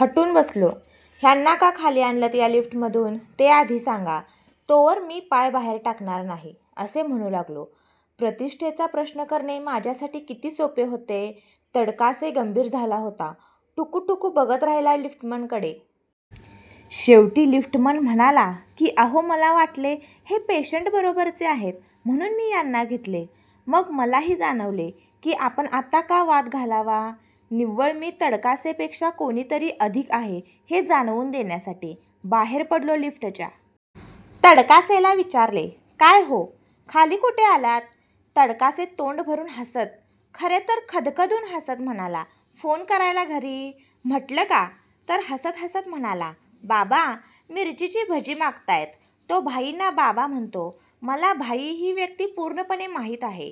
हटून बसलो. ह्यांना का खाली आणलंत या लिफ्टमधून ते आधी सांगा, तोवर मी पाय बाहेर टाकणार नाही असे म्हणू लागलो. प्रतिष्ठेचा प्रश्न करणे माझ्यासाठी किती सोपे होते. तडकासे गंभीर झाला होता. टुकूटुकू बघत राहिला लिफ्टमनकडे. शेवटी लिफ्टमन म्हणाला की अहो मला वाटले हे पेशंटबरोबरचे आहेत म्हणून मी यांना घेतले. मग मलाही जाणवले की आपण आत्ता का वाद घालावा? निव्वळ मी तडकासेपेक्षा कोणीतरी अधिक आहे हे जाणवून देण्यासाठी? बाहेर पडलो लिफ्टच्या. तडकासेला विचारले. काय हो? खाली कुठे आलात? तडकासे तोंडभरून हसत, खरे तर खदखदून हसत म्हणाला फोन करायला घरी. म्हंटलं का? तर हसत हसत म्हणाला बाबा मिरचीची भजी मागतायत. तो भाईंना बाबा म्हणतो. मला भाई ही व्यक्ती पूर्णपणे माहीत आहे.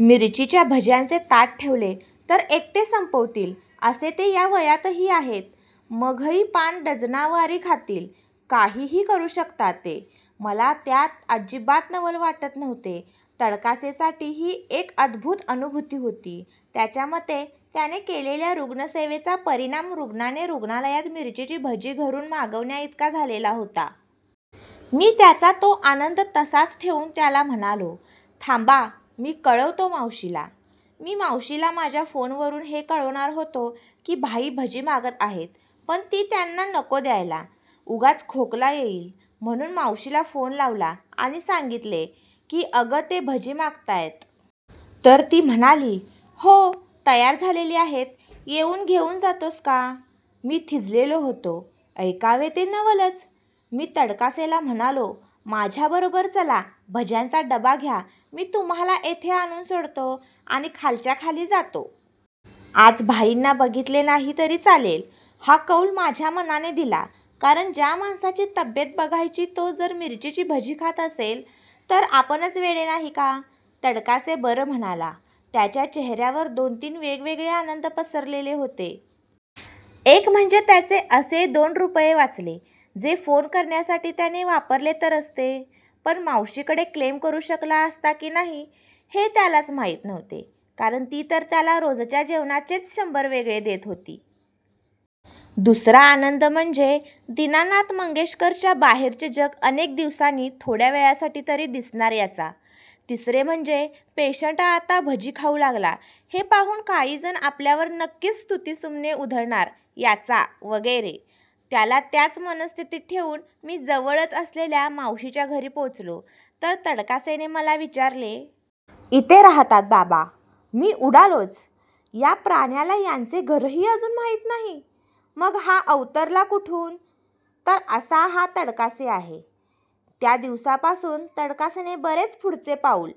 मिरचीच्या भज्यांचे ताट ठेवले तर एकटे संपवतील असे ते या वयातही आहेत. मघई पान डझनावारी खातील. काहीही करू शकतात ते. मला त्यात अजिबात नवल वाटत नव्हते. तडकासेसाठी ही एक अद्भुत अनुभूती होती. त्याच्यामते त्याने केलेल्या रुग्णसेवेचा परिणाम रुग्णाने रुग्णालयात मिरचीची भजी घरून मागवण्याइतका झालेला होता. मी त्याचा तो आनंद तसाच ठेवून त्याला म्हणालो थांबा मी कळवतो मावशीला! मी मावशीला माझ्या फोनवरून हे कळवणार होतो की भाई भजी मागत आहेत पण ती त्यांना नको द्यायला, उगाच खोकला येईल. म्हणून मावशीला फोन लावला आणि सांगितले की अगं ते भजी मागतायत. तर ती म्हणाली हो तयार झालेली आहेत, येऊन घेऊन जातोस का? मी थिजलेलो होतो. ऐकावे ते नवलच! मी तडकासेला म्हणालो, माझ्याबरोबर चला, भज्यांचा डबा घ्या, मी तुम्हाला येथे आणून सोडतो आणि खालच्याखाली जातो. आज भाईंना बघितले नाही तरी चालेल हा कौल माझ्या मनाने दिला कारण ज्या माणसाची तब्येत बघायची तो जर मिरचीची भजी खात असेल तर आपणच वेडे नाही का? तडकासे बरं म्हणाला. त्याच्या चेहऱ्यावर दोन तीन वेगवेगळे आनंद पसरलेले होते. एक म्हणजे त्याचे असे दोन रुपये वाचले, जे फोन करण्यासाठी त्याने वापरले तर असते, पण मावशीकडे क्लेम करू शकला असता की नाही हे त्यालाच माहीत नव्हते कारण ती तर त्याला रोजच्या जेवणाचेच शंभर वेगळे देत होती. दुसरा आनंद म्हणजे दीनानाथ मंगेशकरच्या बाहेरचे जग अनेक दिवसांनी थोड्यावेळासाठी तरी दिसणार याचा! तिसरे म्हणजे पेशंट आता भजी खाऊ लागला हे पाहून काहीजण आपल्यावर नक्कीच स्तुतीसुमने उधळणार याचा वगैरे! त्याला त्याच मनस्थितीत ठेवून मी जवळच असलेल्या मावशीच्या घरी पोचलो तर तडकासेने मला विचारले. इथे राहतात बाबा? मी उडालोच. या प्राण्याला यांचे घरही अजून माहीत नाही? मग हा अवतरला कुठून? तर असा हा तडकासे आहे. त्या दिवसापासून तडकासेने बरेच पुढचे पाऊल